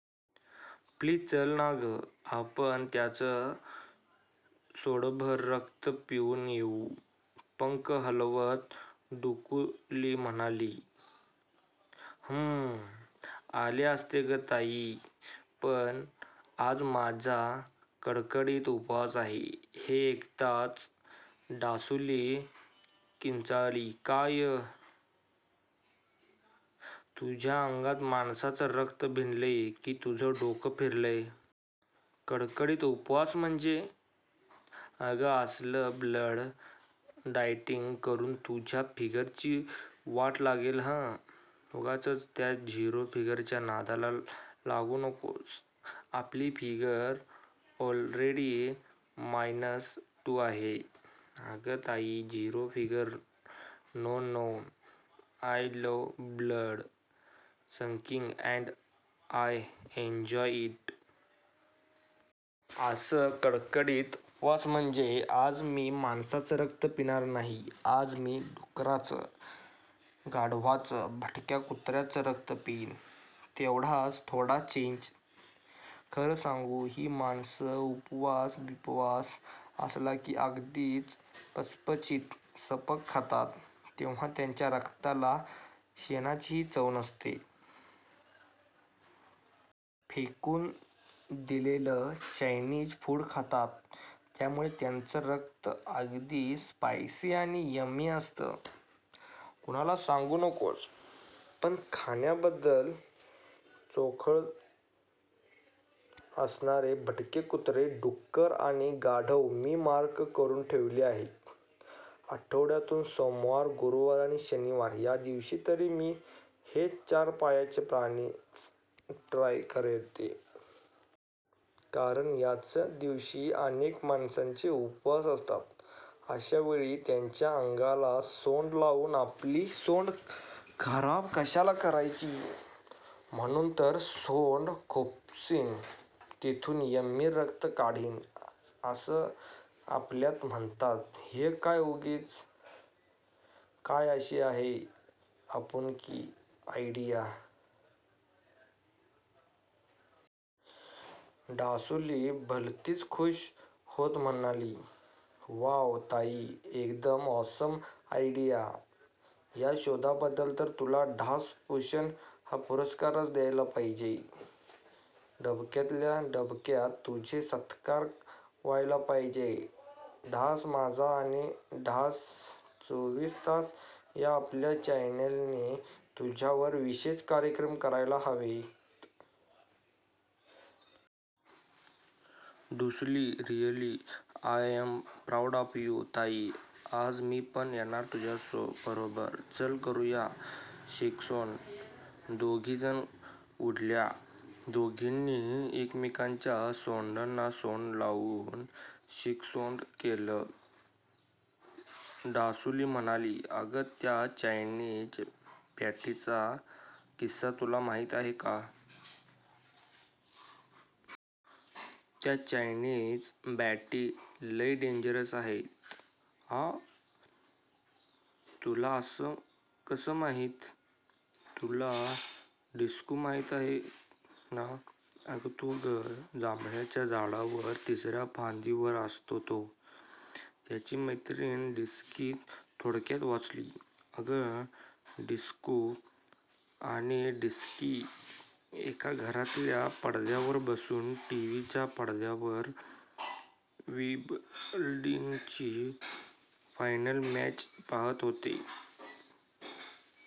Please चल ना गं... आपण त्याचं सोंडभर रक्त पिऊन येऊ.पंख हलवत डुकुली म्हणाली, 'हूं... आले असते गं ताई, पण आज माझा कडकडीत उपवास आहे'.हे ऐकताच डासुली किंचाळली,'का... य? तुझ्या अंगात माणसाचं रक्त भिनलंय की तुझं डोकं फिरलंय'? कडकडीत उपवास म्हणजे...? अगं असलं ब्लड डाएटींग करून तुझ्या फिगरची वाट लागेल हं. उगाचच त्या झिरो फिगरच्या नादाला लागू नकोस. आपली फिगर ऑलरेडी मायनस टू आहे.'अगं ताई, zero figure no... no! I love blood sucking and I enjoy it'! अगं कडकडीत उपवास म्हणजे, आज मी माणसाचं रक्त पिणार नाही. आज मी डुकराचं, गाढवाचं, भटक्या कुत्र्याचं रक्त पिईन. तेवढाच थोडा चेंज. खरं सांगू, ही माणसं उपवास-बिपवास असला की अगदीच पचपचीत, सपक खातात. तेव्हा त्यांच्या रक्ताला शेणाचीही चव नसते. फेकून दिलेलं चायनीज फूड खातात. त्यामुळे यांचं रक्त अगदी स्पायसी आणि यम्मी असतं. कुणाला सांगू नकोस... पण खाण्याबद्दल चोखंद‌ असणारे भटके कुत्रे, डुकरं आणि गाढवं मी मार्क करून ठेवली आहेत. आठवड्यातून सोमवार, गुरुवार आणि शनिवार या दिवशी तरी मी हेच चार पायांचे प्राणीच ट्राय करते. कारण याच दिवशी अनेक माणसांचे उपवास असतात. अशा वेळी त्यांच्या अंगाला सोंड लावून आपली सोंड खराब कशाला करायची? म्हणून तर सोंड खुपसीन तिथून यम्मी रक्त काढीन असं आपल्यात म्हणतात हे काय उगीच? काय अशी आहे आपुनकी आयडिया? डासुली भलतीच खूश होत म्हणाली, 'वॉव ताई! एकदम ऑसम आयडिया!! या शोधाबद्दल तर तुला डास भूषण हा पुरस्कारच द्यायला पाहिजे. डबक्यातल्याडबक्यांत तुझे सत्कार व्हायला पाहिजेत. डास माझा आणि डास चोवीस तास या आपल्या चॅनेलनी तुझ्यावर विशेष कार्यक्रम करायला हवेत. डुसुली, really I am proud of you! ताई, आज मी पण येणार तुझ्याबरोबर. चल करूया शेकसोंड. दोघी जणी उडाल्या. दोघींनी एकमेकांच्या सोंडांना सोंड लावून शेकसोंड केलं. डासुली म्हणाली, 'अगं त्या चायनीज बॅटींचा किस्सा तुला माहीत आहे का? त्या चायनीज बॅटी लई डेंजरस आहेत.'आँ? तुला असं कसं माहीत'?तुला डिसकू माहीत आहे ना? अगं तो गं... जांभळाच्या झाडावर तिसऱ्या फांदीवर असतो तो. त्याची मैत्रीण डिसकी थोडक्यात वाचली. अगं डिसकू आणि डिसकी एका घरातल्या पडद्यावर बसून टीव्हीच्या पडद्यावर विंबल्डीनची फायनल मॅच पाहात होते.